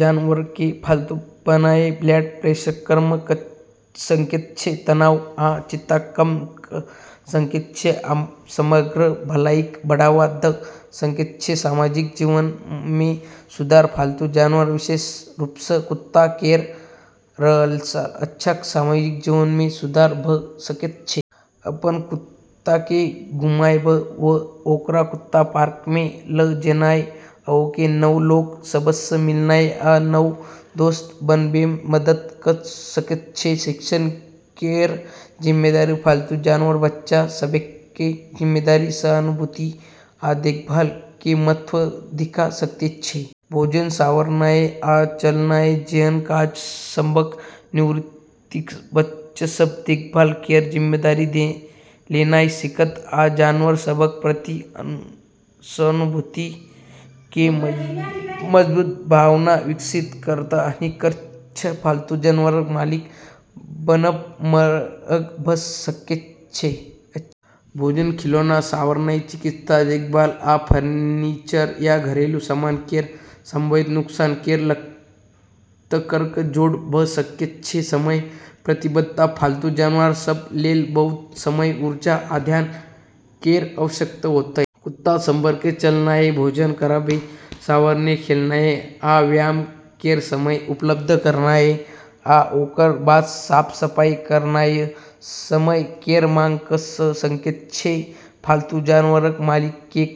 जानवरकेँ पालतू बनानाय ब्लड प्रेशरकेँ कम कऽ सकैत छै, तनाव आ चिंताकेँ कम कऽ सकैत छै आ समग्र भलाईकेँ बढ़ावा दऽ सकैत छै। सामाजिक जीवनमे सुधार: पालतू जानवर, विशेष रूपसँ कुत्ता केर रहलासँ अहाँक सामाजिक जीवनमे सुधार भऽ सकैत छै। अपन कुत्ताकेँ घुमाबय वा ओकरा कुत्ता पार्कमे ल' जेनाय अहाँकेँ नव लोग सभसँ मिलनाय आ नव दोस्त बनाबैमे मदद कऽ सकैत छै। शिक्षण केर जिम्मेदारी: पालतू जानवर बच्चा सभकेँ जिम्मेदारी, सहानुभूति, आ देखभाल केर महत्व सिखा सकैत छै। भोजन, संवारनाय, आ चलनाय जेहन काज सभक नियुक्तिसँ बच्चा सभ देखभाल केर जिम्मेदारी लेनाय सीखत आ जानवर सभक प्रति सहानुभूति केर मजबूत भावना विकसित करत। हानि: खर्च: पालतू जानवरक मालिक बनब महग भऽ सकैत अछि। भोजन, खिलौना, संवारनाय, चिकित्सा देखभाल, आ फर्नीचर या घरेलू सामान केर संभावित नुकसान केर लागतकेँ जोड़ भऽ सकैत छै। समय प्रतिबद्धता: पालतू जानवर सभ लेल बहुत समय, ऊर्जा, आ ध्यान केर आवश्यकता होयत। कुत्ता सभकेँ चलनाय, भोजन कराबै, संवारनाय, खेलनाय आ व्यायाम केर समय उपलब्ध करानाय, आ ओकर बाद साफ-सफाई करनाय समय केर मांग कऽ सकैत छै। पालतू जानवरक मालिककेँ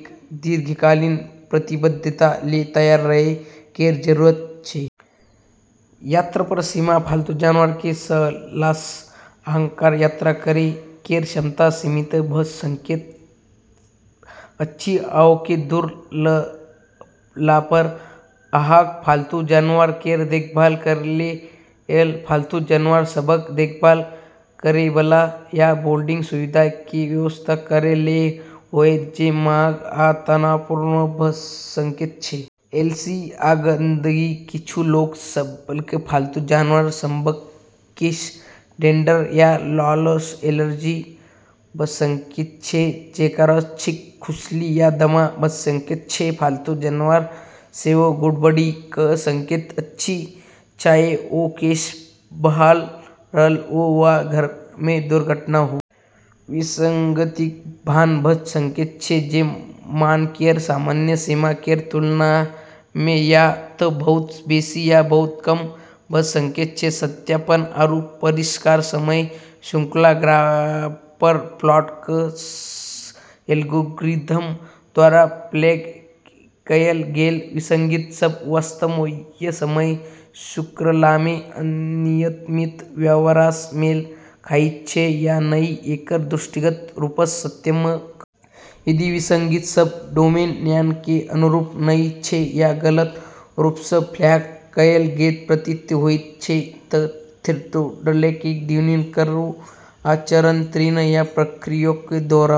दीर्घकालिक प्रतिबद्धता लेल तैयार रहै केर जरूरत छै। यात्रापर सीमा: पालतू जानवर केर रहलासँ अहाँक यात्रा करै केर क्षमता सीमित भऽ सकैत अछि। अहाँकेँ दूर रहलापर अहाँक पालतू जानवर केर देखभाल करै लेल पालतू जानवर सभक देखभाल करैबला या बोर्डिंग सुविधा केर व्यवस्था करै लेल होयत, जे महग आ तनावपूर्ण भऽ सकैत छै। एलर्जी आ गंदगी: किछु लोग सभकेँ पालतू जानवर सभक केश, डैंडर, या लारसँ एलर्जी भऽ सकैत छै, जेकरासँ छींक, खुजली, या दमा भऽ सकैत छै। पालतू जानवर सेहो गड़बड़ी कऽ सकैत अछि, चाहे ओ केश बहा रहल हो वा घरमे दुर्घटना हो। विसंगतिक मान भऽ सकैत छै जे मान केर सामान्य सीमा केर तुलनामे या तँ बहुत बेसी या बहुत कम भऽ सकैत छै। सत्यापन आरू परिष्कार: समय श्रृंखला ग्राफपर प्लॉट कऽ कऽ एल्गोरिदम द्ववारा फ्लैग कएल गेल विसंगति सभ वास्तवमे समय श्रृंखलामे अनियमित व्यवहारसँ मेल खाइत छै या नहि, एकर दृष्टिगत रूपसँ सत्यापन करू। यदि विसंगति सभ डोमेन ज्ञान केर अनुरूप नहि छै या गलत रूपसँ फ्लैग कएल गेल प्रतीत होइत छै, तँ थ्रेशोल्डकेँ ट्यून करू आ चरण तीन सँ प्रक्रियाकेँ दोहराउ।